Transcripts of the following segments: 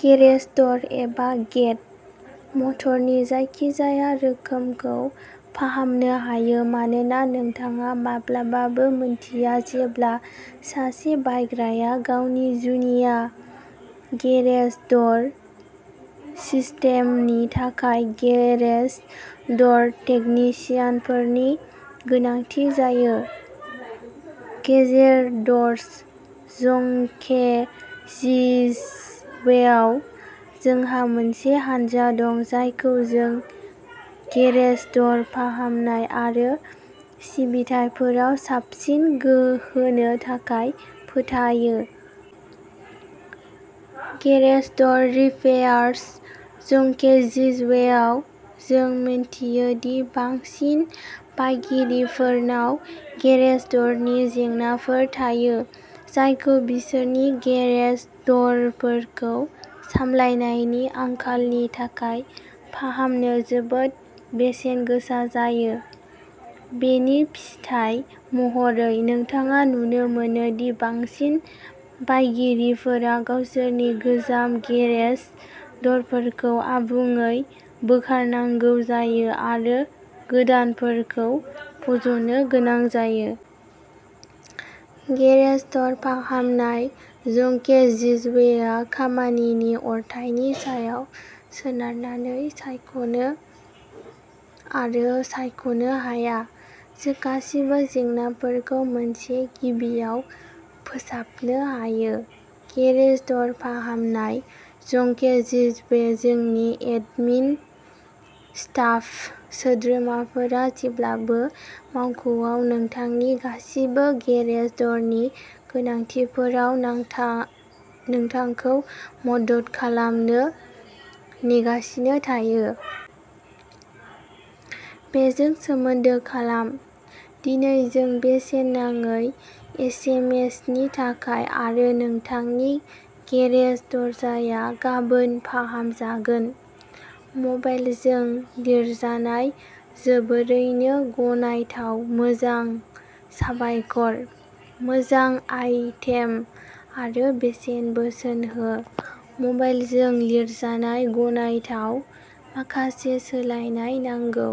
Garage दर एबा gate मटरनि जायखिजाया रोखोमखौ फाहामनो हायो मानोना नोंथाङा माब्लाबाबो मोन्थिया जेब्ला सासे बायग्राया गावनि जुनिया गेरेज दर सिस्टेमनि थाखाय गेरेज दर टेकनिशियानफोरनि गोनांथि जायो। गेजेर दर्स जंकेजिजवेआव जोंहा मोनसे हानजा दं जायखौ जों गेरेज दर फाहामनाय आरो सिबिथाइफोराव साबसिन गोहोनो थाखाय फोथायो। गेरेज दर रिपेयार्स जंकेजिजवेआव जों मोनथियो दि बांसिन बायगिरिफोरनाव गेरेज द'रनि जेंनाफोर थायो जायखौ बिसोरनि गेरेज द'रफोरखौ सामलायनायनि आंखालनि थाखाय फाहामनो जोबोद बेसेन गोसा जायो। बेनि फिथाय महरै, नोंथाङा नुनो मोनो दि बांसिन बायगिरिफोरा गावसोरनि गोजाम गेरेज दरफोरखौ आबुङै बोखारनांगौ जायो आरो गोदानफोरखौ फज'नो गोनां जायो। गेरेज दर फाहामनाय जंकेजिजवेआ खामानिनि अरथाइनि सायाव सोनारनानै सायख'नो आरो सायख'नो हाया, जो गासिबो जेंनाफोरखौ मोनसे गिबिआव फोसाबनो हायो! गेरेज दर फाहामनाय जंकेजिजवे जोंनि एडमिन स्टाफ सोद्रोमाफोरा जेब्लाबो मावख'आव नोंथांनि गासिबो गेरेज दरनि गोनांथिफोराव नों था नोंथांखौ मदद खालामनो नेगासिनो थायो। बेजों सोमोन्दो खालाम। दिनै जों बेसेन नाङै एसेमेसनि थाखाय आरो नोंथांनि गेरेज दरजाया गाबोन फाहामजागोन! मबाइलजों लिरजानाय जोबोरैनो गनायथाव मोजां। साबायखर! मोजां आइटेम आरो बेसेन बोसोन हो। मबाइलजों लिरजानाय गनायथाव माखासे सोलायनाय नांगौ!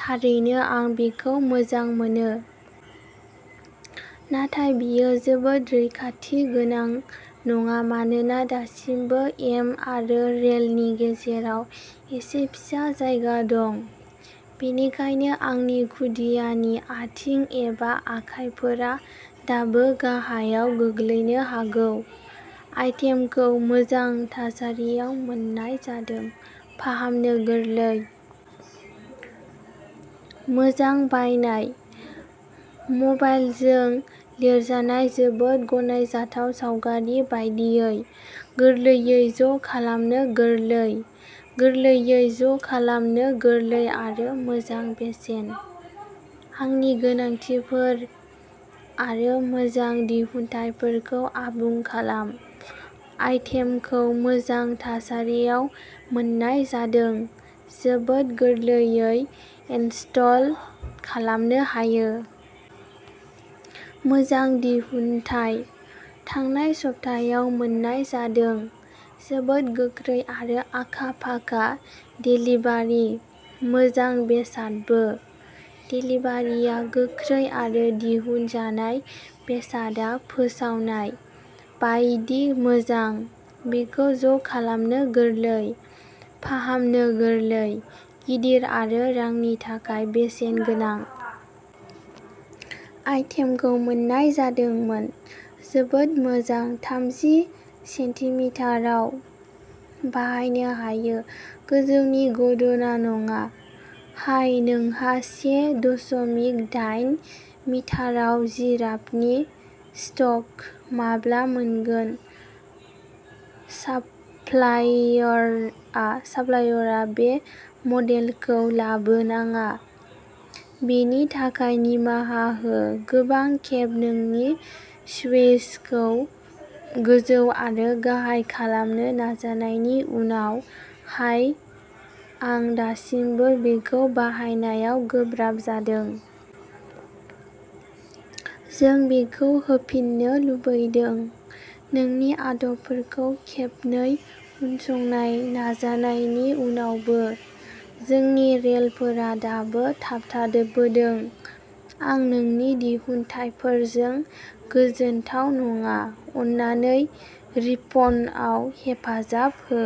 थारैनो आं बेखौ मोजां मोनो। नाथाय बेयो जोबोद रैखाथि गोनां नङा मानोना दासिमबो एम आरो रेलनि गेजेराव एसे फिसा जायगा दं। बेनिखायनो आंनि खुदियानि आथिं एबा आखाइफोरा दाबो गाहायाव गोग्लैनो हागौ। आइटेमखौ मोजां थासारियाव मोन्नाय जादों। फाहामनो गोरलै। मोजां बायनाय! मबाइलजों लिरजानाय जोबोद गनायजाथाव सावगारि बायदियै। गोरलैयै ज' खालामनो गोरलै। गोरलैयै ज' खालामनो गोरलै आरो मोजां बेसेन। आंनि गोनांथिफोर आरो मोजां दिहुनथायफोरखौ आबुं खालाम। आइटेमखौ मोजां थासारियाव मोन्नाय जादों। जोबोद गोरलैयै इनस्टल खालामनो हायो। मोजां दिहुनथाय। थांनाय सप्तायाव मोन्नाय जादों। जोबोद गोख्रै आरो आखा फाखा देलिभारि! मोजां बेसादबो! देलिभारिआ गोख्रै आरो दिहुनजानाय बेसादआ फोसावनाय बायदि मोजां। बेखौ ज' खालामनो गोरलै। फाहामनो गोरलै, गिदिर आरो रांनि थाखाय बेसेन गोनां। आइटेमखौ मोन्नाय जादोंमोन। जोबोद मोजां। थामजि सेन्टिमिटाराव बाहायनो हायो। गोजौनि गुद'ना नङा? हाइ, नोंहा से दसमिक दाइन मिटाराव जिराफनि स्टक माब्ला मोनगोन? साप्लायरआ साप्लायरआ बे मडेलखौ लाबोनाङा, बेनि थाखाय निमाहा हो। गोबां खेब नोंनि स्विचखौ गोजौ आरो गाहाय खालामनो नाजानायनि उनाव हाय आं दासिमबो बेखौ बाहायनायाव गोब्राब जादों। जों बेखौ होफिननो लुबैदों। नोंनि आदबफोरखौ खेबनै उनसंनाय नाजानायनि उनावबो, जोंनि रेलफोरा दाबो थाबथाबोदों। आं नोंनि दिहुनथायफोरजों गोजोनथाव नङा, अन्नानै रिफन्डआव हेफाजाब हो।